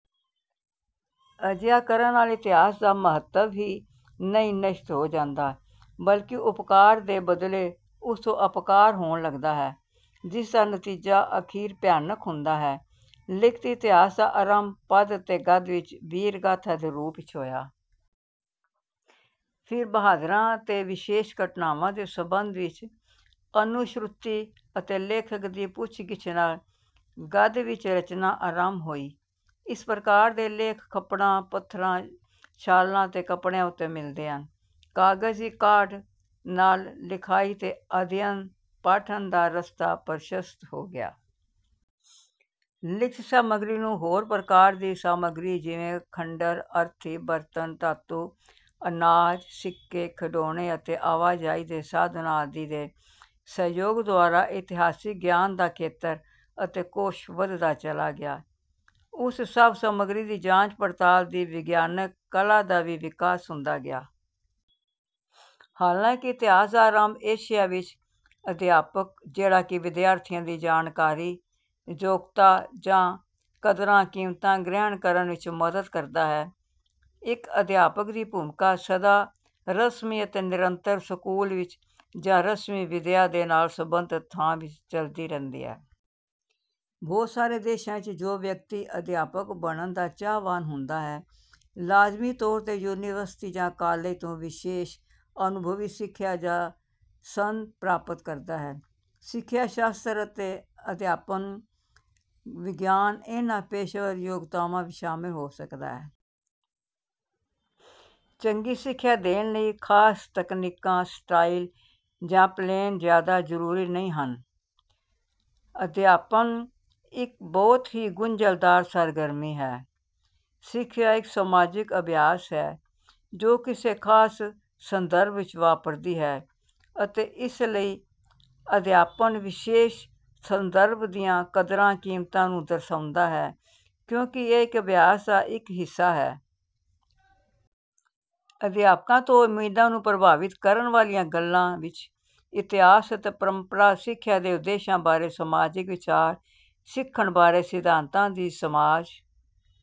ਅਜਿਹਾ ਕਰਨ ਨਾਲ ਇਤਿਹਾਸ ਦਾ ਮਹੱਤਵ ਹੀ ਨਹੀਂ ਨਸ਼ਟ ਹੋ ਜਾਂਦਾ, ਬਲਕਿ ਉਪਕਾਰ ਦੇ ਬਦਲੇ ਉਸ ਤੋਂ ਅਪਕਾਰ ਹੋਣ ਲੱਗਦਾ ਹੈ ਜਿਸਦਾ ਨਤੀਜਾ ਅਖੀਰ ਭਿਆਨਕ ਹੁੰਦਾ ਹੈ। ਲਿਖਤੀ ਇਤਿਹਾਸ ਦਾ ਆਰੰਭ ਪਦ ਅਤੇ ਗਦ ਵਿੱਚ ਵੀਰਗਾਥਾ ਦੇ ਰੂਪ ਵਿੱਚ ਹੋਇਆ। ਫਿਰ ਬਹਾਦਰਾਂ ਅਤੇ ਵਿਸ਼ੇਸ਼ ਘਟਨਾਵਾਂ ਦੇ ਸੰਬੰਧ ਵਿੱਚ ਅਨੁਸ਼ਰੁਤੀ ਅਤੇ ਲੇਖਕ ਦੀ ਪੁੱਛਗਿਛ ਨਾਲ ਗਦ ਵਿੱਚ ਰਚਨਾ ਅਰੰਭ ਹੋਈ। ਇਸ ਪ੍ਰਕਾਰ ਦੇ ਲੇਖ ਖਪੜਾਂ, ਪੱਥਰਾਂ, ਛਾਲਾਂ ਅਤੇ ਕੱਪੜਿਆਂ ਉੱਤੇ ਮਿਲਦੇ ਹਨ। ਕਾਗਜ ਦੀ ਕਾਢ ਨਾਲ ਲਿਖਾਈ ਅਤੇ ਅਧਿਅਨ ਪਾਠਨ ਦਾ ਰਸਤਾ ਪ੍ਰਸ਼ਸਤ ਹੋ ਗਿਆ। ਲਿਖਤੀ ਸਾਮਗਰੀ ਨੂੰ ਹੋਰ ਪ੍ਰਕਾਰ ਦੀ ਸਾਮਗਰੀ ਜਿਵੇਂ ਖੰਡਰ, ਅਰਥੀ, ਬਰਤਨ, ਧਾਤੂ, ਅਨਾਜ, ਸਿੱਕੇ, ਖਿਡੌਣੇ ਅਤੇ ਆਵਾਜਾਈ ਦੇ ਸਾਧਨਾਂ ਆਦਿ ਦੇ ਸਹਿਯੋਗ ਦੁਆਰਾ ਇਤਿਹਾਸਿਕ ਗਿਆਨ ਦਾ ਖੇਤਰ ਅਤੇ ਕੋਸ਼ ਵਧਦਾ ਚਲਾ ਗਿਆ। ਉਸ ਸਭ ਸਾਮਗਰੀ ਦੀ ਜਾਂਚ ਪੜਤਾਲ ਦੀ ਵਿਗਿਆਨਕ ਕਲਾ ਦਾ ਵੀ ਵਿਕਾਸ ਹੁੰਦਾ ਗਿਆ। ਹਾਲਾਂਕਿ ਇਤਿਹਾਸ ਦਾ ਆਰੰਭ ਏਸ਼ੀਆ ਵਿੱਚ। ਅਧਿਆਪਕ ਜਿਹੜਾ ਕਿ ਵਿਦਿਆਰਥੀਆਂ ਦੀ ਜਾਣਕਾਰੀ, ਯੋਗਤਾ ਜਾਂ ਕਦਰਾਂ-ਕੀਮਤਾਂ ਗ੍ਰਹਿਣ ਕਰਨ ਵਿੱਚ ਮਦਦ ਕਰਦਾ ਹੈ। ਇੱਕ ਅਧਿਆਪਕ ਦੀ ਭੂਮਿਕਾ ਸਦਾ ਰਸਮੀ ਅਤੇ ਨਿਰੰਤਰ, ਸਕੂਲ ਵਿੱਚ ਜਾਂ ਰਸਮੀ ਵਿੱਦਿਆ ਦੇ ਨਾਲ ਸੰਬੰਧਤ ਥਾਂ ਵਿੱਚ ਚਲਦੀ ਰਹਿੰਦੀ ਹੈ। ਬਹੁਤ ਸਾਰੇ ਦੇਸ਼ਾਂ ਵਿੱਚ ਜੋ ਵਿਅਕਤੀ ਅਧਿਆਪਕ ਬਣਨ ਦਾ ਚਾਹਵਾਨ ਹੁੰਦਾ ਹੈ, ਲਾਜ਼ਮੀ ਤੌਰ ਤੇ ਯੂਨੀਵਰਸਿਟੀ ਜਾਂ ਕਾਲਜ ਤੋਂ ਵਿਸ਼ੇਸ਼ ਅਨੁਭਵੀ ਸਿੱਖਿਆ ਜਾਂ ਸਨਦ ਪ੍ਰਾਪਤ ਕਰਦਾ ਹੈ। ਸਿੱਖਿਆ ਸ਼ਾਸਤਰ ਅਤੇ ਅਧਿਆਪਨ ਵਿਗਿਆਨ ਇਹਨਾ ਪੇਸ਼ੇਵਰ ਯੋਗਤਾਵਾਂ ਵਿੱਚ ਸ਼ਾਮਿਲ ਹੋ ਸਕਦਾ ਹੈ। ਚੰਗੀ ਸਿੱਖਿਆ ਦੇਣ ਲਈ ਖ਼ਾਸ ਤਕਨੀਕਾਂ, ਸਟਾਈਲ ਜਾਂ ਪਲੈਨ ਜ਼ਿਆਦਾ ਜ਼ਰੂਰੀ ਨਹੀਂ ਹਨ। ਅਧਿਆਪਨ ਇੱਕ ਬਹੁਤ ਹੀ ਗੁੰਝਲਦਾਰ ਸਰਗਰਮੀ ਹੈ। ਸਿੱਖਿਆ ਇਕ ਸਮਾਜਿਕ ਅਭਿਆਸ ਹੈ, ਜੋ ਕਿਸੇ ਖਾਸ ਸੰਦਰਭ ਵਿੱਚ ਵਾਪਰਦੀ ਹੈ ਅਤੇ ਇਸ ਲਈ ਅਧਿਆਪਨ ਵਿਸ਼ੇਸ਼ ਸੰਦਰਭ ਦੀਆਂ ਕਦਰਾਂ-ਕੀਮਤਾਂ ਨੂੰ ਦਰਸਾਉਂਦਾ ਹੈ ਕਿਉਂਕਿ ਇਹ ਇਕ ਅਭਿਆਸ ਦਾ ਇੱਕ ਹਿੱਸਾ ਹੈ। ਅਧਿਆਪਕਾਂ ਤੋਂ ਉਮੀਦਾਂ ਨੂੰ ਪ੍ਰਭਾਵਿਤ ਕਰਨ ਵਾਲੀਆਂ ਗੱਲਾਂ ਵਿੱਚ ਇਤਿਹਾਸ ਅਤੇ ਪਰੰਪਰਾ, ਸਿੱਖਿਆ ਦੇ ਉਦੇਸ਼ਾਂ ਬਾਰੇ ਸਮਾਜਿਕ ਵਿਚਾਰ, ਸਿੱਖਣ ਬਾਰੇ ਸਿਧਾਂਤਾਂ ਦੀ ਸਮਾਜ